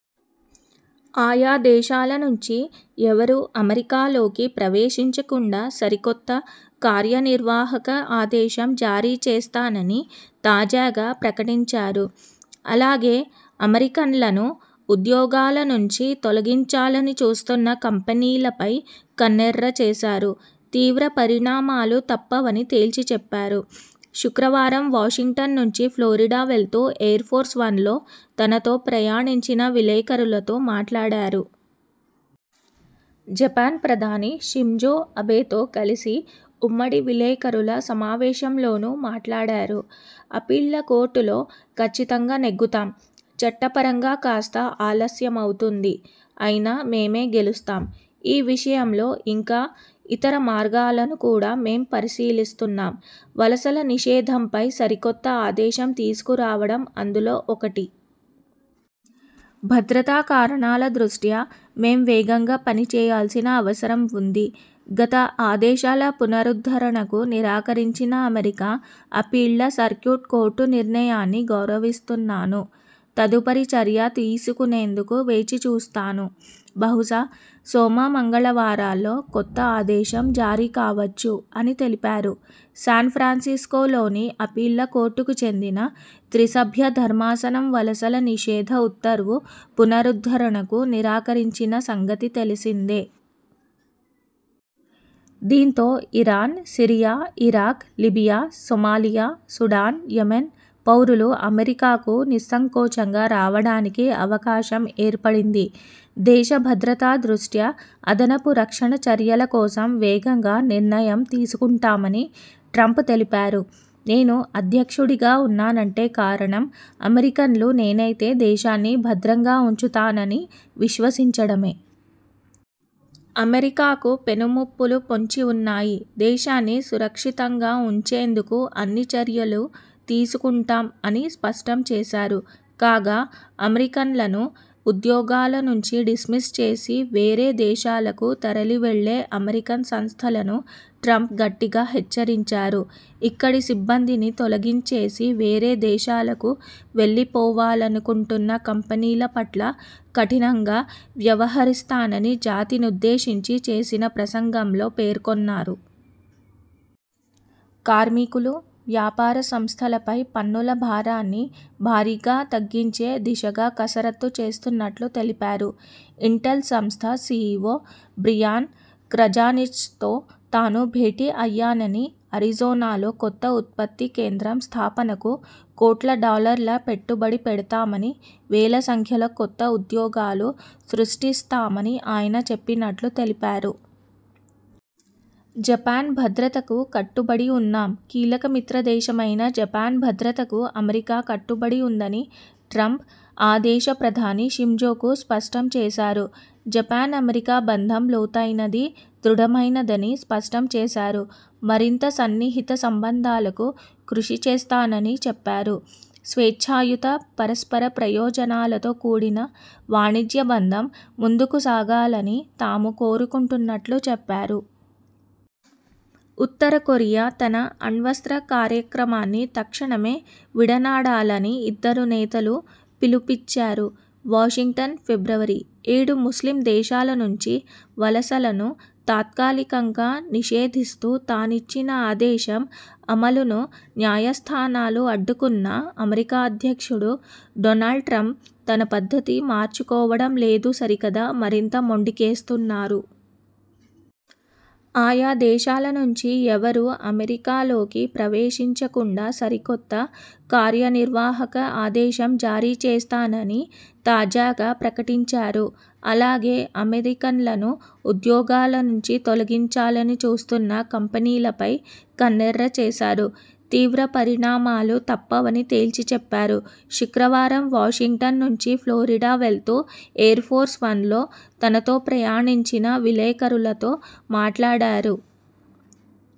ఆయా దేశాల నుంచి ఎవరూ అమెరికాలోకి ప్రవేశించకుండా సరికొత్త కార్యనిర్వాహక ఆదేశం జారీచేస్తానని తాజాగా ప్రకటించారు. అలాగే అమెరికన్లను ఉద్యోగాలనుంచి తొలగించాలని చూస్తున్న కంపెనీలపై కన్నెర్ర చేశారు. తీవ్ర పరిణామాలు తప్పవని తేల్చిచెప్పారు. శుక్రవారం వాషింగ్టన్ నుంచి ఫ్లోరిడా వెళ్తూ ఎయిర్ఫోర్స్ వన్లో తనతో ప్రయాణించిన విలేకరులతో మాట్లాడారు. జపాన్ ప్రధాని షింజో అబెతో కలిసి ఉమ్మడి విలేకరుల సమావేశంలోనూ మాట్లాడారు. 'అప్పీళ్ల కోర్టులో కచ్చితంగా నెగ్గుతాం. చట్టపరంగా కాస్త ఆలస్యమవుతుంది. అయినా మేమే గెలుస్తాం. ఈ విషయంలో ఇంకా ఇతర మార్గాలను కూడా మేం పరిశీలిస్తున్నాం. వలసల నిషేధంపై సరికొత్త ఆదేశం తీసుకురావడం అందులో ఒకటి. భద్రతా కారణాల దృష్ట్యా మేం వేగంగా పనిచేయాల్సిన అవసరం ఉంది. గత ఆదేశాల పునరుద్ధరణకు నిరాకరించిన అమెరికా అప్పీళ్ల సర్క్యూట్ కోర్టు నిర్ణయాన్ని గౌరవిస్తున్నాను. తదుపరి చర్య తీసుకునేందుకు వేచిచూస్తాను. బహుశా సోమ, మంగళవారాల్లో కొత్త ఆదేశం జారీ కావచ్చు' అని తెలిపారు. శాన్ఫ్రాన్సిస్కోలోని అప్పీళ్ల కోర్టుకు చెందిన త్రిసభ్య ధర్మాసనం వలసల నిషేధ ఉత్తర్వు పునరుద్ధరణకు నిరాకరించిన సంగతి తెలిసిందే. దీంతో Iran, Syria, Iraq, Libya, Somalia, Sudan, Yemen పౌరులు అమెరికాకు నిస్సంకోచంగా రావడానికి అవకాశం ఏర్పడింది. దేశ భద్రత దృష్ట్యా అదనపు రక్షణ చర్యల కోసం వేగంగా నిర్ణయం తీసుకుంటామని ట్రంప్ తెలిపారు. 'నేను అధ్యక్షుడిగా ఉన్నానంటే కారణం అమెరికన్లు నేనైతే దేశాన్ని భద్రంగా ఉంచుతానని విశ్వసించడమే. అమెరికాకు పెను ముప్పులు పొంచి ఉన్నాయి. దేశాన్ని సురక్షితంగా ఉంచేందుకు అన్ని చర్యలూ తీసుకుంటాం' అని స్పష్టం చేశారు. కాగా అమెరికన్లను ఉద్యోగాల నుంచి డిస్మిస్ చేసి వేరే దేశాలకు తరలివెళ్లే అమెరికన్ సంస్థలను ట్రంప్ గట్టిగా హెచ్చరించారు. ఇక్కడి సిబ్బందిని తొలగించేసి వేరే దేశాలకు వెళ్లిపోవాలనుకుంటున్న కంపెనీల పట్ల కఠినంగా వ్యవహరిస్తానని జాతినుద్దేశించి చేసిన ప్రసంగంలో పేర్కొన్నారు. కార్మికులు, వ్యాపార సంస్థలపై పన్నుల భారాన్ని భారీగా తగ్గించే దిశగా కసరత్తు చేస్తున్నట్లు తెలిపారు. ఇంటెల్ సంస్థ సీఈవో బ్రియాన్ క్రజానిచ్తో తాను భేటీ అయ్యానని, అరిజోనాలో కొత్త ఉత్పత్తి కేంద్రం స్థాపనకు కోట్ల డాలర్ల పెట్టుబడి పెడతామని, వేల సంఖ్యలో కొత్త ఉద్యోగాలు సృష్టిస్తామని ఆయన చెప్పినట్లు తెలిపారు. జపాన్ భద్రతకు కట్టుబడి ఉన్నాం కీలక మిత్రదేశమైన జపాన్ భద్రతకు అమెరికా కట్టుబడి ఉందని ట్రంప్ ఆ దేశ ప్రధాని షింజోకు స్పష్టం చేశారు. జపాన్-అమెరికా బంధం లోతైనది, దృఢమైనదని స్పష్టం చేశారు. మరింత సన్నిహిత సంబంధాలకు కృషిచేస్తానని చెప్పారు. స్వేచ్ఛాయుత, పరస్పర ప్రయోజనాలతో కూడిన వాణిజ్య బంధం ముందుకు సాగాలని తాము కోరుకుంటున్నట్లు చెప్పారు. ఉత్తరకొరియా తన అణ్వస్త్ర కార్యక్రమాన్ని తక్షణమే విడనాడాలని ఇద్దరు నేతలూ పిలుపిచ్చారు. వాషింగ్టన్, ఫిబ్రవరి: ఏడు ముస్లిం దేశాల నుంచి వలసలను తాత్కాలికంగా నిషేధిస్తూ తానిచ్చిన ఆదేశం అమలును న్యాయస్థానాలు అడ్డుకున్నా అమెరికా అధ్యక్షుడు డొనాల్డ్ ట్రంప్ తన పద్ధతి మార్చుకోవడం లేదు సరికదా మరింత మొండికేస్తున్నారు. ఆయా దేశాల నుంచి ఎవరూ అమెరికాలోకి ప్రవేశించకుండా సరికొత్త కార్యనిర్వాహక ఆదేశం జారీచేస్తానని తాజాగా ప్రకటించారు. అలాగే అమెరికన్లను ఉద్యోగాలనుంచి తొలగించాలని చూస్తున్న కంపెనీలపై కన్నెర్ర చేశారు. తీవ్ర పరిణామాలు తప్పవని తేల్చిచెప్పారు. శుక్రవారం వాషింగ్టన్ నుంచి ఫ్లోరిడా వెళ్తూ ఎయిర్ఫోర్స్ వన్లో తనతో ప్రయాణించిన విలేకరులతో మాట్లాడారు.